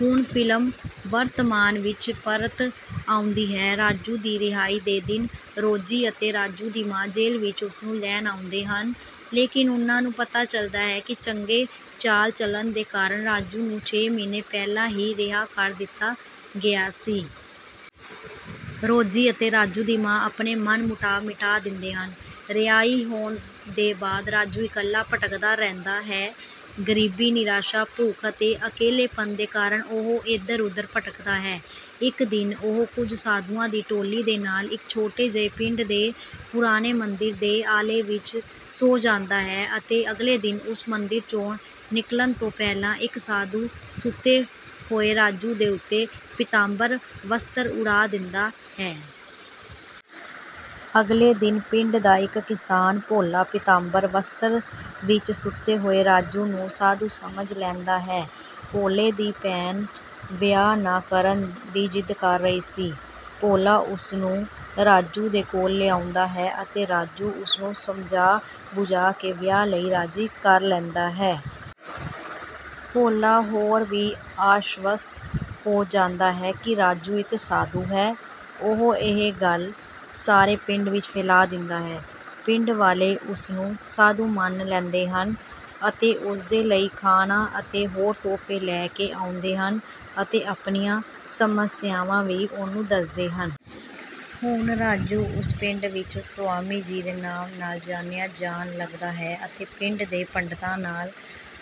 ਹੁਣ ਫਿਲਮ ਵਰਤਮਾਨ ਵਿੱਚ ਪਰਤ ਆਉਂਦੀ ਹੈ। ਰਾਜੂ ਦੀ ਰਿਹਾਈ ਦੇ ਦਿਨ ਰੋਜੀ ਅਤੇ ਰਾਜੂ ਦੀ ਮਾਂ ਜੇਲ੍ਹ ਵਿੱਚ ਉਸਨੂੰ ਲੈਣ ਆਉਂਦੇ ਹਨ, ਲੇਕਿਨ ਉਨ੍ਹਾਂ ਨੂੰ ਪਤਾ ਚੱਲਦਾ ਹੈ ਕਿ ਚੰਗੇ ਚਾਲ-ਚਲਣ ਦੇ ਕਾਰਨ ਰਾਜੂ ਨੂੰ ਛੇ ਮਹੀਨੇ ਪਹਿਲਾਂ ਹੀ ਰਿਹਾ ਕਰ ਦਿੱਤਾ ਗਿਆ ਸੀ। ਰੋਜੀ ਅਤੇ ਰਾਜੂ ਦੀ ਮਾਂ ਆਪਣੇ ਮਨ-ਮੁਟਾਵ ਮਿਟਾ ਦਿੰਦੇ ਹਨ। ਰਿਹਾਈ ਹੋਣ ਦੇ ਬਾਅਦ ਰਾਜੂ ਇਕੱਲਾ ਭਟਕਦਾ ਰਹਿੰਦਾ ਹੈ। ਗਰੀਬੀ, ਨਿਰਾਸ਼ਾ, ਭੁੱਖ ਅਤੇ ਅਕੇਲੇਪਨ ਦੇ ਕਾਰਨ ਉਹ ਏਧਰ-ਉੱਧਰ ਭਟਕਦਾ ਹੈ। ਇੱਕ ਦਿਨ ਉਹ ਕੁਝ ਸਾਧੂਆਂ ਦੀ ਟੋਲੀ ਦੇ ਨਾਲ ਇੱਕ ਛੋਟੇ ਜਿਹੇ ਪਿੰਡ ਦੇ ਪੁਰਾਣੇ ਮੰਦਿਰ ਦੇ ਅਹਾਤੇ ਵਿੱਚ ਸੌਂ ਜਾਂਦਾ ਹੈ ਅਤੇ ਅਗਲੇ ਦਿਨ ਉਸ ਮੰਦਿਰ 'ਚੋਂ ਨਿਕਲਣ ਤੋਂ ਪਹਿਲਾਂ ਇੱਕ ਸਾਧੂ ਸੁੱਤੇ ਹੋਏ ਰਾਜੂ ਦੇ ਉੱਤੇ ਪੀਤਾਂਬਰ ਵਸਤਰ ਉਡਾ ਦਿੰਦਾ ਹੈ। ਅਗਲੇ ਦਿਨ ਪਿੰਡ ਦਾ ਇੱਕ ਕਿਸਾਨ, ਭੋਲਾ, ਪੀਤਾਂਬਰ ਵਸਤਰ ਵਿੱਚ ਸੁੱਤੇ ਹੋਏ ਰਾਜੂ ਨੂੰ ਸਾਧੂ ਸਮਝ ਲੈਂਦਾ ਹੈ। ਭੋਲੇ ਦੀ ਭੈਣ ਵਿਆਹ ਨਾ ਕਰਨ ਦੀ ਜਿੱਦ ਕਰ ਰਹੀ ਸੀ। ਭੋਲਾ ਉਸਨੂੰ ਰਾਜੂ ਦੇ ਕੋਲ ਲਿਆਉਂਦਾ ਹੈ ਅਤੇ ਰਾਜੂ ਉਸਨੂੰ ਸਮਝਾ-ਬੁਝਾ ਕੇ ਵਿਆਹ ਲਈ ਰਾਜ਼ੀ ਕਰ ਲੈਂਦਾ ਹੈ। ਭੋਲਾ ਹੋਰ ਵੀ ਆਸ਼ਵਸਤ ਹੋ ਜਾਂਦਾ ਹੈ ਕਿ ਰਾਜੂ ਇੱਕ ਸਾਧੂ ਹੈ। ਉਹ ਇਹ ਗੱਲ ਸਾਰੇ ਪਿੰਡ ਵਿੱਚ ਫੈਲਾ ਦਿੰਦਾ ਹੈ। ਪਿੰਡ ਵਾਲੇ ਉਸਨੂੰ ਸਾਧੂ ਮੰਨ ਲੈਂਦੇ ਹਨ ਅਤੇ ਉਸਦੇ ਲਈ ਖਾਣਾ ਅਤੇ ਹੋਰ ਤੋਹਫ਼ੇ ਲੈ ਕੇ ਆਉਂਦੇ ਹਨ ਅਤੇ ਆਪਣੀਆਂ ਸਮੱਸਿਆਵਾਂ ਵੀ ਉਹਨੂੰ ਦੱਸਦੇ ਹਨ। ਹੁਣ ਰਾਜੂ ਉਸ ਪਿੰਡ ਵਿੱਚ "ਸਵਾਮੀ ਜੀ" ਦੇ ਨਾਮ ਨਾਲ ਜਾਣਿਆ ਜਾਣ ਲੱਗਦਾ ਹੈ ਅਤੇ ਪਿੰਡ ਦੇ ਪੰਡਤਾਂ ਨਾਲ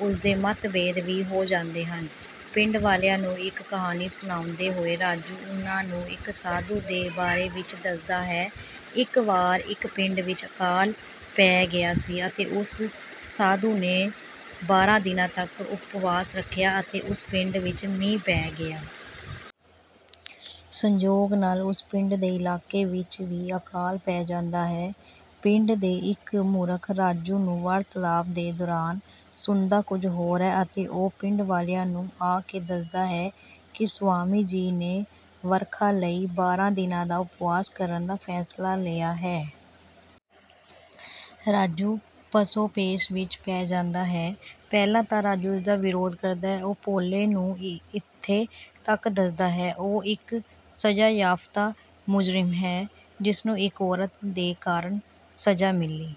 ਉਸਦੇ ਮਤਭੇਦ ਵੀ ਹੋ ਜਾਂਦੇ ਹਨ। ਪਿੰਡ ਵਾਲਿਆਂ ਨੂੰ ਇੱਕ ਕਹਾਣੀ ਸੁਣਾਉਂਦੇ ਹੋਏ ਰਾਜੂ ਉਨ੍ਹਾਂ ਨੂੰ ਇੱਕ ਸਾਧੂ ਦੇ ਬਾਰੇ ਵਿੱਚ ਦੱਸਦਾ ਹੈ ਕਿ ਇੱਕ ਵਾਰ ਇੱਕ ਪਿੰਡ ਵਿੱਚ ਅਕਾਲ ਪੈ ਗਿਆ ਸੀ ਅਤੇ ਉਸ ਸਾਧੂ ਨੇ ਬਾਰਾਂ ਦਿਨ ਤੱਕ ਉਪਵਾਸ ਰੱਖਿਆ ਅਤੇ ਉਸ ਪਿੰਡ ਵਿੱਚ ਮੀਂਹ ਪੈ ਗਿਆ। ਸੰਜੋਗ ਨਾਲ ਉਸ ਪਿੰਡ ਦੇ ਇਲਾਕੇ ਵਿੱਚ ਵੀ ਅਕਾਲ ਪੈ ਜਾਂਦਾ ਹੈ। ਪਿੰਡ ਦੇ ਇੱਕ ਮੂਰਖ ਰਾਜੂ ਨੂੰ ਵਾਰਤਾਲਾਪ ਦੇ ਦੌਰਾਨ ਸੁਣਦਾ ਕੁਝ ਹੋਰ ਹੈ ਅਤੇ ਉਹ ਪਿੰਡ ਵਾਲਿਆਂ ਨੂੰ ਆ ਕੇ ਦੱਸਦਾ ਹੈ ਕਿ ਸਵਾਮੀ ਜੀ ਨੇ ਵਰਖਾ ਲਈ ਬਾਰਾਂ ਦਿਨ ਦਾ ਉਪਵਾਸ ਕਰਨ ਦਾ ਫ਼ੈਸਲਾ ਲਿਆ ਹੈ। ਰਾਜੂ ਪਸ਼ੋਪੇਸ਼ ਵਿੱਚ ਪੈ ਜਾਂਦਾ ਹੈ। ਪਹਿਲਾਂ ਤਾਂ ਰਾਜੂ ਇਸਦਾ ਵਿਰੋਧ ਕਰਦਾ ਹੈ। ਉਹ ਭੋਲੇ ਨੂੰ ਇੱਥੇ ਤੱਕ ਦੱਸਦਾ ਹੈ ਕਿ ਉਹ ਇੱਕ ਸਜ਼ਾਯਾਫ਼ਤਾ ਮੁਜ਼ਰਿਮ ਹੈ ਜਿਸਨੂੰ ਇੱਕ ਔਰਤ ਦੇ ਕਾਰਨ ਸਜ਼ਾ ਮਿਲੀ